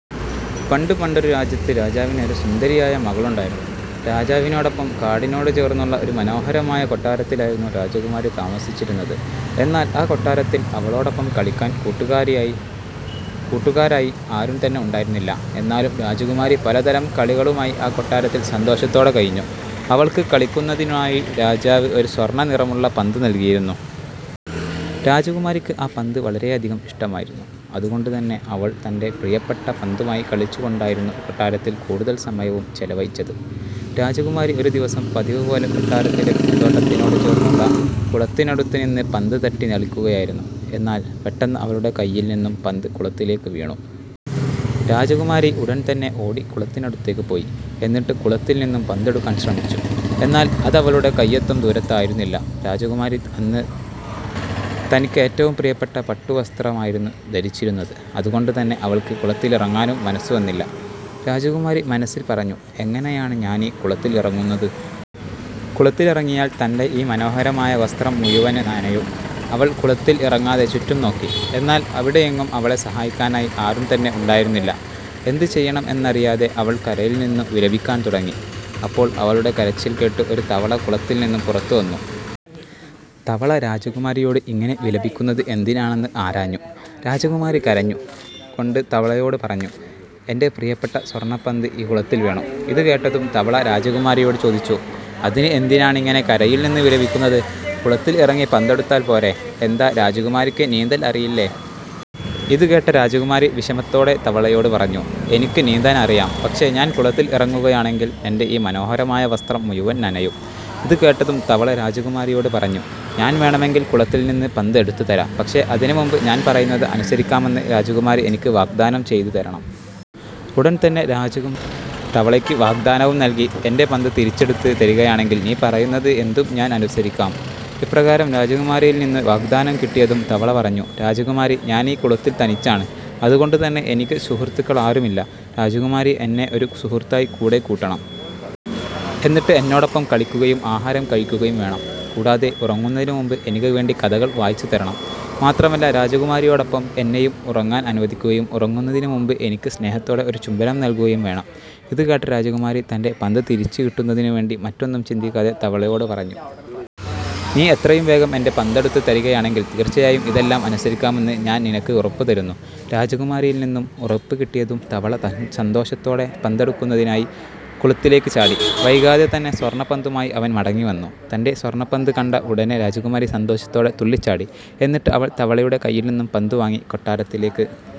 പണ്ടു പണ്ടൊരു രാജ്യത്ത് രാജാവിന് ഒരു സുന്ദരിയായ മകളുണ്ടായിരുന്നു. രാജാവിനോടൊപ്പം കാടിനോട് ചേർന്നുള്ള ഒരു മനോഹരമായ കൊട്ടാരത്തിലായിരുന്നു രാജകുമാരി താമസിച്ചിരുന്നത്. എന്നാൽ ആ കൊട്ടാരത്തിൽ അവളോടൊപ്പം കളിക്കാൻ കൂട്ടുകാരായി ആരും തന്നെ ഉണ്ടായിരുന്നില്ല. എന്നാലും രാജകുമാരി പലതരം കളികളുമായി ആ കൊട്ടാരത്തിൽ സന്തോഷത്തോടെ കഴിഞ്ഞു. അവൾക്ക് കളിക്കുന്നതിനായി രാജാവ് ഒരു സ്വർണ നിറമുള്ള പന്ത് നൽകിയിരുന്നു. രാജകുമാരിക്ക് ആ പന്ത് വളരെയധികം ഇഷ്ടമായിരുന്നു. അതുകൊണ്ട് തന്നെ അവൾ തന്റെ പ്രിയപ്പെട്ട പന്തുമായി കളിച്ചു കൊണ്ടായിരുന്നു കൊട്ടാരത്തിൽ കൂടുതൽ സമയവും ചിലവഴിച്ചത്. രാജകുമാരി ഒരു ദിവസം പതിവു പോലെ കൊട്ടാരത്തിലെ പൂന്തോട്ടത്തിനോട് ചേർന്നുള്ള കുളത്തിനടുത്തു നിന്ന് പന്ത് തട്ടി കളിക്കുകയായിരുന്നു. എന്നാൽ പെട്ടെന്ന് അവളുടെ കൈയിൽ നിന്നും പന്ത് കുളത്തിലേക്ക് വീണു. രാജകുമാരി ഉടൻ തന്നെ ഓടി കുളത്തിനടുത്തേക്ക് പോയി. എന്നിട്ട് കുളത്തിൽ നിന്നും പന്തെടുക്കാൻ ശ്രമിച്ചു. എന്നാൽ അതവളുടെ കൈയെത്തും ദൂരത്തായിരുന്നില്ല. രാജകുമാരി അന്ന് തനിക്ക് ഏറ്റവും പ്രിയപ്പെട്ട പട്ടു വസ്ത്രമായിരുന്നു ധരിച്ചിരുന്നത്. അതുകൊണ്ടു തന്നെ അവൾക്ക് കുളത്തിലിറങ്ങാനും മനസ്സു വന്നില്ല. രാജകുമാരി മനസ്സിൽ പറഞ്ഞു "എങ്ങനെയാണ് ഞാനീ കുളത്തിൽ ഇറങ്ങുന്നത്. കുളത്തിലിറങ്ങിയാൽ തന്റെ ഈ മനോഹരമായ വസ്ത്രം മുഴുവൻ നനയും. " അവൾ കുളത്തിൽ ഇറങ്ങാതെ ചുറ്റും നോക്കി. എന്നാൽ അവിടെയെങ്ങും അവളെ സഹായിക്കാനായി ആരും തന്നെ ഉണ്ടായിരുന്നില്ല. എന്ത് ചെയ്യണം എന്നറിയാതെ അവൾ കരയിൽ നിന്നു വിലപിക്കാൻ തുടങ്ങി. അപ്പോൾ അവളുടെ കരച്ചിൽ കേട്ടു ഒരു തവള കുളത്തിൽ നിന്നും പുറത്തുവന്നു. തവള രാജകുമാരിയോട് ഇങ്ങനെ വിലപിക്കുന്നത് എന്തിനാണെന്ന് ആരാഞ്ഞു. രാജകുമാരി കരഞ്ഞു കൊണ്ട് തവളയോട് പറഞ്ഞു. "എന്റെ പ്രിയപ്പെട്ട സ്വർണപന്ത് ഈ കുളത്തിൽ വീണു. " ഇതു കേട്ടതും തവള രാജകുമാരിയോട് ചോദിച്ചു. "അതിന് എന്തിനാണിങ്ങനെ കരയിൽ നിന്ന് വിലപിക്കുന്നത്? കുളത്തിൽ ഇറങ്ങി പന്തെടുത്താൽ പോരെ? എന്താ രാജകുമാരിക്ക് നീന്തൽ അറിയില്ലേ? " ഇതുകേട്ട രാജകുമാരി വിഷമത്തോടെ തവളയോട് പറഞ്ഞു. "എനിക്ക് നീന്താൻ അറിയാം. പക്ഷേ ഞാൻ കുളത്തിൽ ഇറങ്ങുകയാണെങ്കിൽ എന്റെ ഈ മനോഹരമായ വസ്ത്രം മുഴുവൻ നനയും. " ഇതു കേട്ടതും തവള രാജകുമാരിയോട് പറഞ്ഞു. "ഞാൻ വേണമെങ്കിൽ കുളത്തിൽ നിന്ന് പന്ത് എടുത്തു തരാം. പക്ഷേ അതിനു മുൻപ് ഞാൻ പറയുന്നത് അനുസരിക്കാമെന്ന് രാജകുമാരി എനിക്ക് വാഗ്ദാനം ചെയ്തു തരണം. " ഉടൻതന്നെ രാജകുമാരി തവളയ്ക്ക് വാഗ്ദാനവും നൽകി "എന്റെ പന്ത് തിരിച്ചെടുത്ത് തരികയാണെങ്കിൽ നീ പറയുന്നത് എന്തും ഞാൻ അനുസരിക്കാം. " ഇപ്രകാരം രാജകുമാരിയിൽ നിന്നു വാഗ്ദാനം കിട്ടിയതും തവള പറഞ്ഞു "രാജകുമാരി, ഞാനീ കുളത്തിൽ തനിച്ചാണ്. അതുകൊണ്ടു തന്നെ എനിക്ക് സുഹൃത്തുക്കളാരുമില്ല. രാജകുമാരി എന്നെ ഒരു സുഹൃത്തായി കൂടെ കൂട്ടണം. എന്നിട്ട് എന്നോടൊപ്പം കളിക്കുകയും ആഹാരം കഴിക്കുകയും വേണം. കൂടാതെ ഉറങ്ങുന്നതിന് മുൻപ് എനിക്ക് വേണ്ടി കഥകൾ വായിച്ചു തരണം. മാത്രമല്ല രാജകുമാരിയോടൊപ്പം എന്നെയും ഉറങ്ങാൻ അനുവദിക്കുകയും ഉറങ്ങുന്നതിനു മുൻപ് എനിക്ക് സ്നേഹത്തോടെ ഒരു ചുംബനം നൽകുകയും വേണം. " ഇതു കേട്ട രാജകുമാരി തന്റെ പന്ത് തിരിച്ചു കിട്ടുന്നതിനു വേണ്ടി മറ്റൊന്നും ചിന്തിക്കാതെ തവളയോട് പറഞ്ഞു. "നീ എത്രയും വേഗം എന്റെ പന്തെടുത്ത് തരികയാണെങ്കിൽ തീർച്ചയായും ഇതെല്ലാം അനുസരിക്കാമെന്ന് ഞാൻ നിനക്ക് ഉറപ്പു തരുന്നു. " രാജകുമാരിയിൽ നിന്നും ഉറപ്പ് കിട്ടിയതും തവള സന്തോഷത്തോടെ പന്തെടുക്കുന്നതിനായി കുളത്തിലേക്ക് ചാടി. വൈകാതെ തന്നെ സ്വർണപന്തുമായി അവൻ മടങ്ങി വന്നു. തന്റെ സ്വർണപന്ത് കണ്ട ഉടനെ രാജകുമാരി സന്തോഷത്തോടെ തുള്ളിച്ചാടി. എന്നിട്ട് അവൾ തവളയുടെ കയ്യിൽനിന്നും പന്തും വാങ്ങി കൊട്ടാരത്തിലേക്ക്